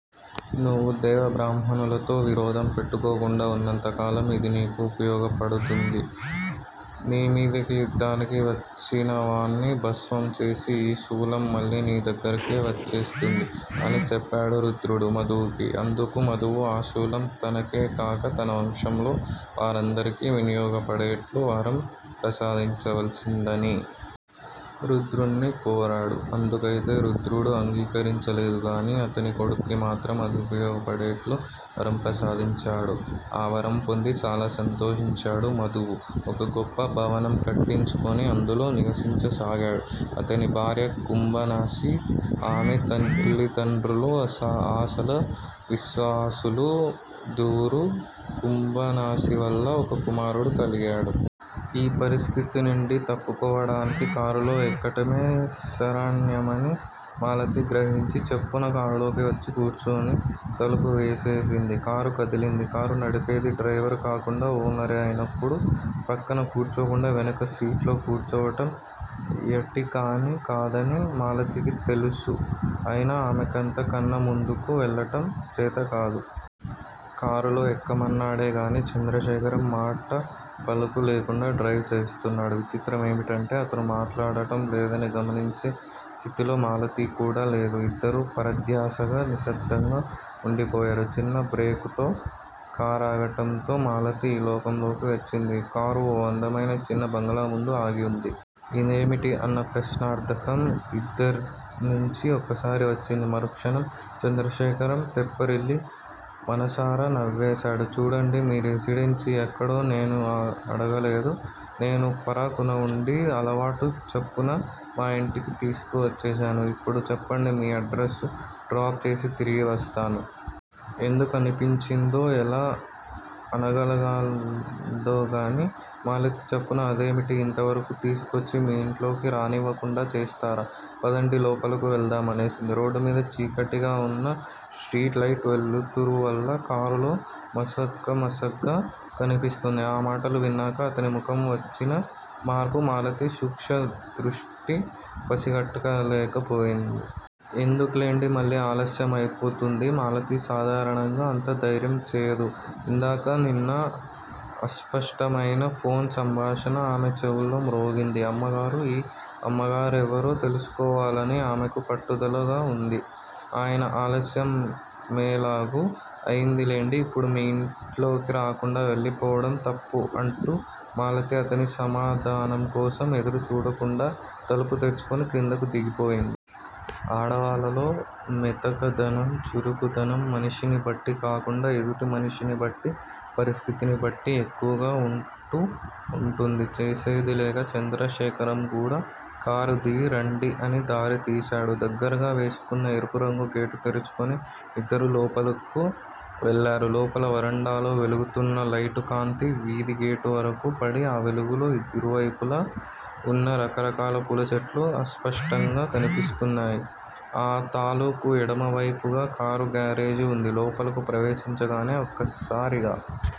నువ్వు దేవబ్రాహ్మణుల్తో విరోధం పెట్టుకోకుండా వున్నంత కాలం ఇది నీకు ఉపయోగపడుతుంది. నీమీదికి యుద్దానికి వచ్చినవాణ్ని భస్మం చేసి ఈ శూలం మళ్ళీ నీదగ్గరికి వచ్చేస్తుంది. అని చెప్పాడు రుద్రుడు మధువుకు. అందుకు మధువు ఆ శూలం తనకేకాక తన వంశంలో వారందరికీ వినియోగపడేట్లు వరం ప్రసాధించవలసిందని. రుద్రుణ్ని కోరాడు. అందుకైతే రుద్రుడు అంగీకరించలేదుగాని అతని కొడుక్కు మాత్రం అది ఉపయోగపడేట్లు వరం ప్రసాదించాడు. ఆ వరం పొంది చాలా సంతోషించాడు మధువు. ఒక గొప్ప భవనం కట్టించుకొని అందులో నివసించసాగాడు. అతని భార్య కుంభనాసి. ఆమె తల్లిదండ్రులు అసలా, విశ్వావసులు. దువురు కుంభనాసివల్ల ఒక కుమారుడు కలిగాడు. ఈ పరిస్థితినుండి తప్పుకోవడానికి కారులో ఎక్కటమే శరణ్యమని మాలతి గ్రహించి చప్పున కారులోకి వచ్చి కూర్చుని తలుపు వేసేసింది. కారు కదిలింది. కారు నడిపేది డ్రైవరు కాకుండా ఓనరే అయినప్పుడు ప్రక్కన కూర్చోకుండా వెనక సీట్లో కూర్చోవటం ఎటికనీ కాదని మాలతికి తెలుసు. అయినా ఆమెకంత కన్నా ముందుకు వెళ్ళటం చేతకాదు. కారులో ఎక్కమన్నాడే గానీ చంద్రశేఖరం మాటాపలుకు లేకుండా డ్రైవ్ చేస్తున్నాడు. విచిత్రమేమిటంటే అతను మాట్లాడటం లేదని గమనించే స్థితిలో మాలతికూడా లేదు. ఇద్దరూ పరధ్యాసగా నిశ్శబ్దంగా వుండిపోయారు. చిన్న బ్రేకుతో కారాగటంతో మాలతి ఈ లోకంలోకి వచ్చింది. కారు ఓ అందమైన చిన్న బంగళాముందు ఆగి వుంది. ఇదేమిటి? అన్న ప్రశ్నార్ధకం ఇద్దరినుంచి ఒక్కసారి వచ్చింది. మరుక్షణం చంద్రశేఖరం తెప్పరిల్లి మనసారా నవ్వేశాడు. చూడండి, మీ రెసిడెన్స్ ఎక్కడో నేనూ అడగలేదు. నేను పరాకున వుండి అలవాటు చొప్పున మా ఇంటికి తీసుకువచ్చేశాను. ఇప్పుడు చెప్పండి మీ అడ్రసు, డ్రాప్ చేసి తిరిగి వస్తాను. ఎందుకనిపించిందో, ఎలా అనగలగాలిందో గానీ మాలతి చప్పున అదేమిటి? ఇంతవరకూ తీసుకొచ్చి మీ ఇంట్లోకి రానివ్వకుండా చేస్తారా? పదండి లోపలకు వెళదాం అనేసింది. రోడ్డుమీద చీకటిగావున్నా స్ట్రీట్ లైట్ వెలుతురువల్ల కారులో మసకమసగ్గా కనిపిస్తుంది. ఆ మాటలు విన్నాక అతని ముఖంలో వచ్చిన మార్పు మాలతి సూక్ష్మదృష్టి పసికట్టలేక పోయింది. ఎందుకులెండి మళ్ళీ ఆలస్యమైపోతుంది మాలతి సాధారణంగా అంత ధైర్యంచేయదు. ఇందాక విన్న అస్పష్టమైన ఫోన్ సంభాషణ ఆమె చెవుల్లో మ్రోగింది. అమ్మగారు! ఈ అమ్మగారెవరో తెలుసుకోవాలని ఆమెకు పట్టుదలగా వుంది. అయిన ఆలస్యమెలాగూ అయిందిలెండి, ఇప్పుడు మీ ఇంట్లోకి రాకుండా వెళ్ళిపోవడం తప్పు అంటూ మాలతి అతని సమాధానంకోసం ఎదురు చూడకుండా తలుపు తెరుచుకుని క్రిందకు దిగిపోయిం. ఆడవాళ్ళలో మెతకదనం, చురుకుదనం మనిషినిబట్టి కాకుండా ఎదుటి మనిషినిబట్టి, పరిస్థితిని బట్టి ఎక్కువగా వుంటూ వుంటుంది. చేసేదిలేక చంద్రశేఖరం కూడా కారుదిగి రండి అని దారి తీశాడు. దగ్గరగా వేసున్న ఎరుపురంగు గేటు తెరుచుకుని ఇద్దరూ లోపలకు వెళ్ళారు. లోపల వరండాలో వెలుగుతున్న లైటు కాంతి వీధిగేటువరకూ పడి, ఆ వెలుగులో ఇరువైపులా వున్న రకరకాల పూలచెట్లు అస్పష్టంగా కనిపిస్తున్నాయి. ఆ తాలుకు ఎడమవైపుగా కారు గరాజ్ వుంది. లోపలకు ప్రవేశించగానే ఒక్కసారిగా